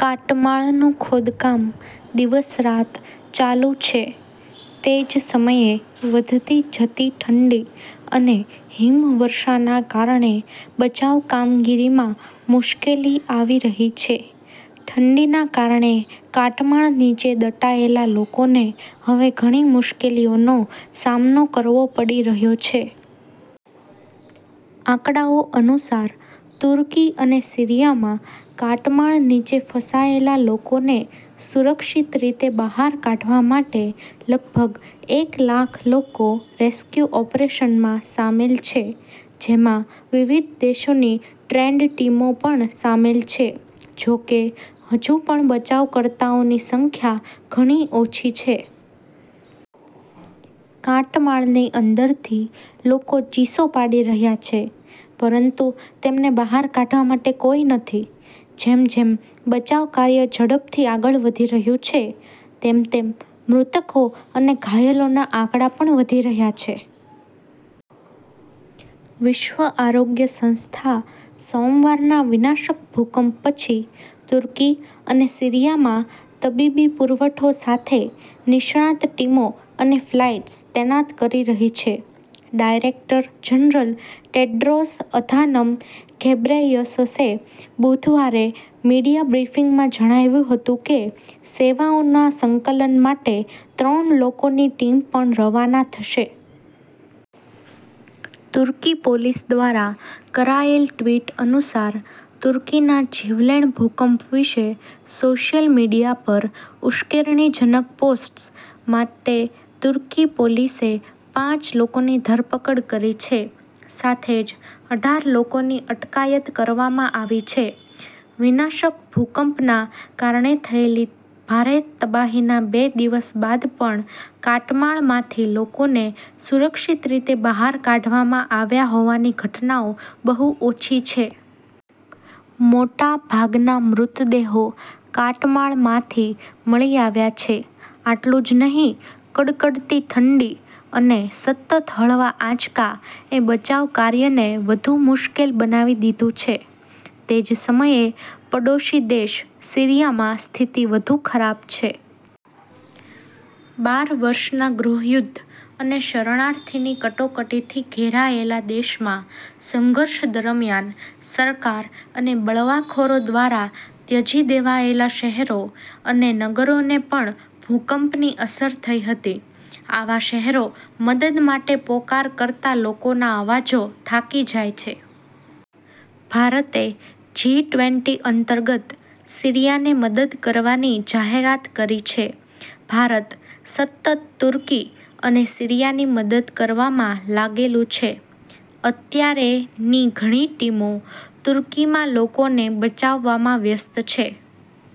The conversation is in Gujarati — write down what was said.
કાટમાળનું ખોદકામ દિવસ-રાત ચાલુ છે. તે જ સમયે વધતી જતી ઠંડી અને હિમવર્ષાના કારણે બચાવ કામગીરીમાં મુશ્કેલી આવી રહી છે. ઠંડીના કારણે કાટમાળ નીચે દટાયેલા લોકોને હવે ઘણી મુશ્કેલીઓનો સામનો કરવો પડી રહ્યો છે. આંકડાઓ અનુસાર, તુર્કી અને સીરિયામાં કાટમાળ નીચે ફસાયેલા લોકોને સુરક્ષિત રીતે બહાર કાઢવા માટે લગભગ એક લાખ લોકો રેસ્ક્યુ ઓપરેશનમાં સામેલ છે, જેમાં વિવિધ દેશોની ટ્રેન્ડ ટીમો પણ સામેલ છે. જો કે, હજુ પણ બચાવકર્તાઓની સંખ્યા ઘણી ઓછી છે. કાટમાળની અંદરથી લોકો ચીસો પાડી રહ્યા છે, પરંતુ તેમને બહાર કાઢવા માટે કોઈ નથી. જેમ જેમ બચાવ કાર્ય ઝડપથી આગળ વધી રહ્યું છે તેમ તેમ મૃતકો અને ઘાયલોના આંકડા પણ વધી રહ્યા છે. વિશ્વ આરોગ્ય સંસ્થા સોમવારના વિનાશક ભૂકંપ પછી તુર્કી અને સીરિયામાં તબીબી પુરવઠો સાથે નિષ્ણાત ટીમો અને ફ્લાઇટ્સ તૈનાત કરી રહી છે. ડાયરેક્ટર-જનરલ ટેડ્રોસ અધાનમ ઘેબ્રેયસસે બુધવારે મીડિયા બ્રીફિંગમાં જણાવ્યું હતું કે સેવાઓના સંકલન માટે ત્રણ લોકોની ટીમ પણ રવાના થશે. તુર્કી પોલીસ દ્વારા કરાયેલ ટ્વિટ અનુસાર, તુર્કીના જીવલેણ ભૂકંપ વિશે સોશિયલ મીડિયા પર 'ઉશ્કેરણીજનક પોસ્ટ્સ' માટે તુર્કી પોલીસે પાંચ લોકોની ધરપકડ કરી છે. સાથે જ અઢાર લોકોની અટકાયત કરવામાં આવી છે. વિનાશક ભૂકંપના કારણે થયેલી ભારે તબાહીના બે દિવસ બાદ પણ કાટમાળમાંથી લોકોને સુરક્ષિત રીતે બહાર કાઢવામાં આવ્યા હોવાની ઘટનાઓ બહુ ઓછી છે. મોટા ભાગના મૃતદેહો કાટમાળમાંથી મળી આવ્યા છે. આટલું જ નહીં, કડકડતી ઠંડી અને સતત હળવા આંચકા એ બચાવ કાર્યને વધુ મુશ્કેલ બનાવી દીધું છે. તે જ સમયે, પડોશી દેશ સીરિયામાં સ્થિતિ વધુ ખરાબ છે. બાર વર્ષના ગૃહયુદ્ધ અને શરણાર્થીની કટોકટીથી ઘેરાયેલા દેશમાં સંઘર્ષ દરમિયાન સરકાર અને બળવાખોરો દ્વારા ત્યજી દેવાયેલા શહેરો અને નગરોને પણ ભૂકંપની અસર થઈ હતી. આવા શહેરો મદદ માટે પોકાર કરતા લોકોના અવાજો થાકી જાય છે. ભારતે જી-ટ્વેંટી અંતર્ગત સીરિયાને મદદ કરવાની જાહેરાત કરી છે। ભારત સતત તુર્કી અને સીરિયાની મદદ કરવામાં લાગેલું છે. અત્યારે ની ઘણી ટીમો તુર્કીમાં લોકોને બચાવવામાં વ્યસ્ત છે.